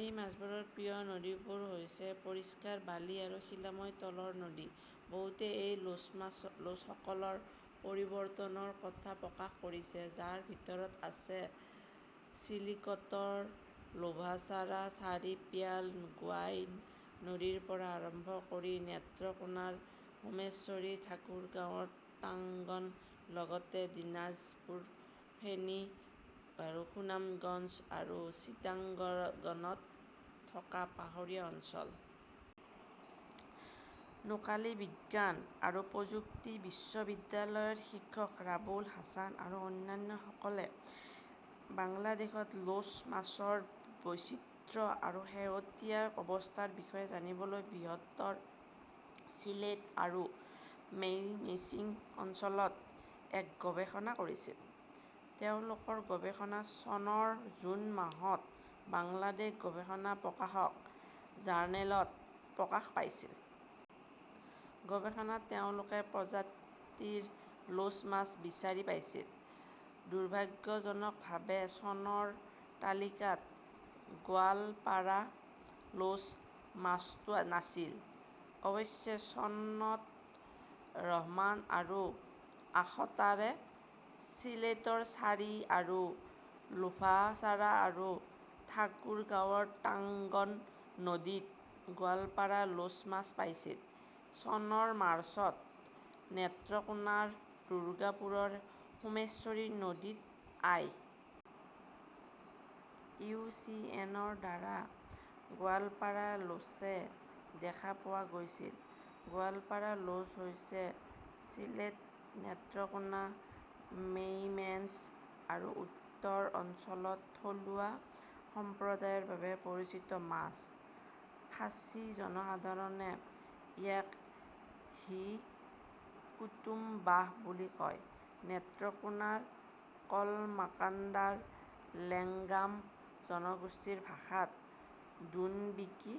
এই মাছবোৰৰ প্ৰিয় নদীবোৰ হৈছে পৰিষ্কাৰ বালি আৰু শিলাময় তলৰ নদী। বহুতে এই লোচসকলৰ পৰিৱৰ্তনৰ কথা প্ৰকাশ কৰিছে, যাৰ ভিতৰত আছে চিলিকটৰ লোভাছাৰা, ছাৰী, পিয়ান, গোৱাইন নদীৰ পৰা আৰম্ভ কৰি নেত্ৰকোনাৰ সোমেশ্বৰী, ঠাকুৰগাঁওৰ টাংগন, লগতে দিনাজপুৰ, ফেনী, সুনামগঞ্জ আৰু চিটাঙগণত থকা পাহাৰীয়া অঞ্চল। নোকালী বিজ্ঞান আৰু প্ৰযুক্তি বিশ্ববিদ্যালয়ৰ শিক্ষক ৰাবুল হাছান আৰু অন্যান্যসকলে বাংলাদেশত লোচ মাছৰ বৈচিত্ৰ্য আৰু শেহতীয়া অৱস্থাৰ বিষয়ে জানিবলৈ বৃহত্তৰ চিলেট আৰু মেইমেশ্বিং অঞ্চলত এক গৱেষণা কৰিছিল। তেওঁলোকৰ গৱেষণা চনৰ জুন মাহত বাংলাদেশ গৱেষণা প্ৰকাশক জাৰ্নেলত প্ৰকাশ পাইছিল। গৱেষণাত তেওঁলোকে প্ৰজাতিৰ লোছ মাছ বিচাৰি পাইছিল। দুৰ্ভাগ্যজনকভাৱে চনৰ তালিকাত 'গোৱালপাড়া লোচ "মাছটো নাছিল। অৱশ্যে চনত ৰহমান আৰু আখতাৰে ছিলেটৰ চাৰী আৰু লোভাছাৰা আৰু ঠাকুৰগাঁওৰ টাংগন নদীত 'গোৱালপাৰা লোচ "মাছ পাইছিল। চনৰ মাৰ্চত নেত্ৰকোনাৰ দুৰ্গাপুৰৰ সোমেশ্বৰী নদীত আই. ইউ. চি. এন. ৰ দ্বাৰা গোৱালপাড়া লোচে দেখা পোৱা গৈছিল। গোৱালপাৰা লোচ হৈছে চিলেট, নেত্ৰকোনা, মেইমেঞ্চ আৰু উত্তৰ অঞ্চলৰ থলুৱা সম্প্ৰদায়ৰ বাবে পৰিচিত মাছ। খাচী জনসাধাৰণে ইয়াক হি কুতুম বাহ বুলি কয়। নেত্ৰকোনাৰ কলমাকাণ্ডাৰ লেংগাম জনগোষ্ঠীৰ ভাষাত দুনবিকী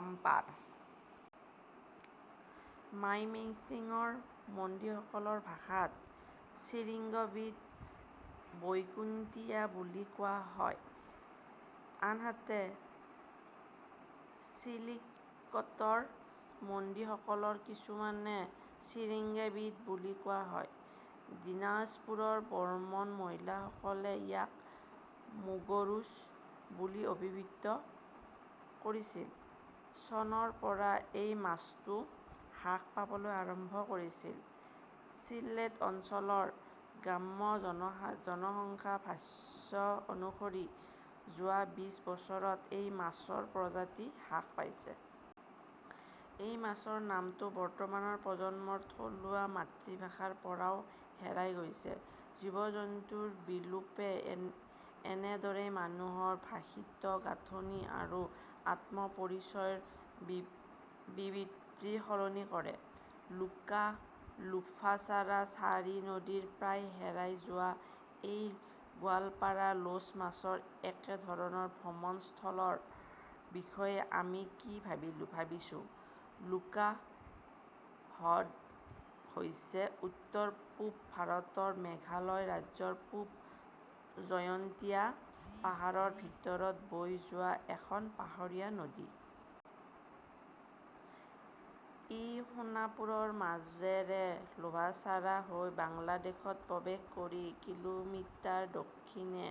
আমপাৰ । মাইমেন্সিংৰ মণ্ডীসকলৰ ভাষাত চিৰিঙ্গবীট বইকুণ্টিয়া বুলি কোৱা হয়, আনহাতে চিলিকটৰ মণ্ডীসকলৰ কিছুমানে খিৰেঙ্গবীট বুলি কোৱা হয়। দিনাজপুৰৰ বৰ্মন মহিলাসকলে ইয়াক মুগৰুচ "বুলি অভিভিত কৰিছিল। চনৰ পৰা এই মাছটো হ্ৰাস পাবলৈ আৰম্ভ কৰিছিল। চিলেট অঞ্চলৰ গ্ৰাম্য জনসংখ্যা ভাষ্য অনুসৰি যোৱা বিশ বছৰত এই মাছৰ প্ৰজাতি হ্ৰাস পাইছে। এই মাছৰ নামটো বৰ্তমানৰ প্ৰজন্মৰ থলুৱা মাতৃভাষাৰ পৰাও হেৰাই গৈছে। জীৱ-জন্তুৰ বিলোপে এন এনেদৰেই মানুহৰ ভাষিক' গাঁথনি আৰু আত্ম-পৰিচয়ৰ বি বিব বিবৃতি সলনি কৰে। লুকা লোভাছাৰা ছাৰী নদীৰ প্ৰায় হেৰাই যোৱা এই 'গোৱালপাৰা লোচ "মাছৰ একেধৰণৰ ভ্ৰমণস্থলৰ বিষয়ে আমি কি ভাবিছোঁ লুকা হ্ৰদ হৈছে উত্তৰ-পূব ভাৰতৰ মেঘালয় ৰাজ্যৰ পূব জয়ন্তীয়া পাহাৰৰ ভিতৰত বৈ যোৱা এখন পাহৰীয়া নদী। ই সোনাপুৰৰ মাজেৰে লোভাছাৰা হৈ বাংলাদেশত প্ৰৱেশ কৰি কিলোমিটাৰ দক্ষিণে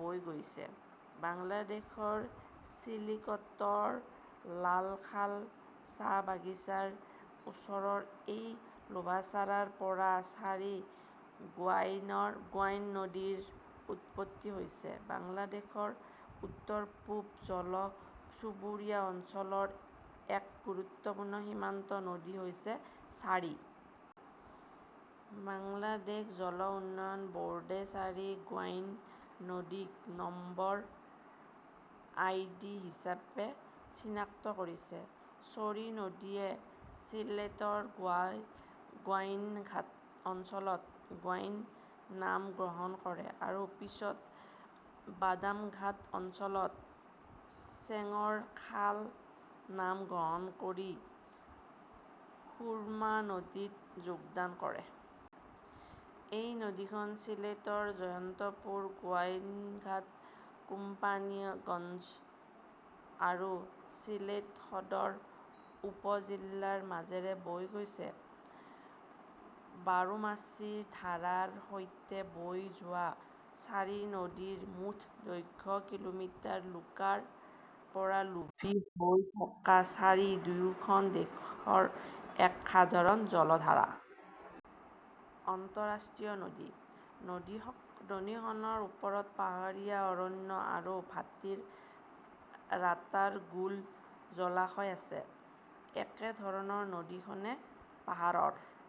বৈ গৈছে। বাংলাদেশৰ চিলিকটৰ লালখাল চাহ বাগিচাৰ ওচৰৰ এই লোভাছাৰাৰ পৰা ছাৰী-গোৱাইন নদীৰ উৎপত্তি হৈছে। বাংলাদেশৰ উত্তৰ-পূব জল-চুবুৰীয়া অঞ্চলৰ এক গুৰুত্বপূৰ্ণ সীমান্ত নদী হৈছে ছাৰী। বাংলাদেশ জল উন্নয়ন বোৰ্ডে ছাৰী-গোৱাইন নদীক নম্বৰ আইডি হিচাপে চিনাক্ত কৰিছে। ছৰী নদীয়ে ছিলেটৰ গোৱাইনঘাট অঞ্চলত গোৱাইন নাম গ্ৰহণ কৰে আৰু পিছত বাদামঘাট অঞ্চলত চেংৰ খাল নাম গ্ৰহণ কৰি সুৰমা নদীত যোগদান কৰে। এই নদীখন চিলেটৰ জয়ন্তপুৰ, গোৱাইনঘাট, কোম্পানীগঞ্জ আৰু চিলেট সদৰ উপ-জিলাৰ মাজেৰে বৈ গৈছে। বাৰোমাচি ধাৰাৰ সৈতে বৈ যোৱা ছাৰী নদীৰ মুঠ দৈৰ্ঘ্য কিলোমিটাৰ। লুকাৰ পৰা লোভী হৈ থকা ছাৰী দুয়োখন দেশৰ এক সাধাৰণ জলধাৰা। অন্তঃৰাষ্ট্ৰীয় নদী। নদীখনৰ ওপৰত পাহাৰীয়া অৰণ্য আৰু ভাটিৰ ৰাটাৰগুল জলাশয় আছে। একেধৰণৰ নদীখনে পাহাৰৰ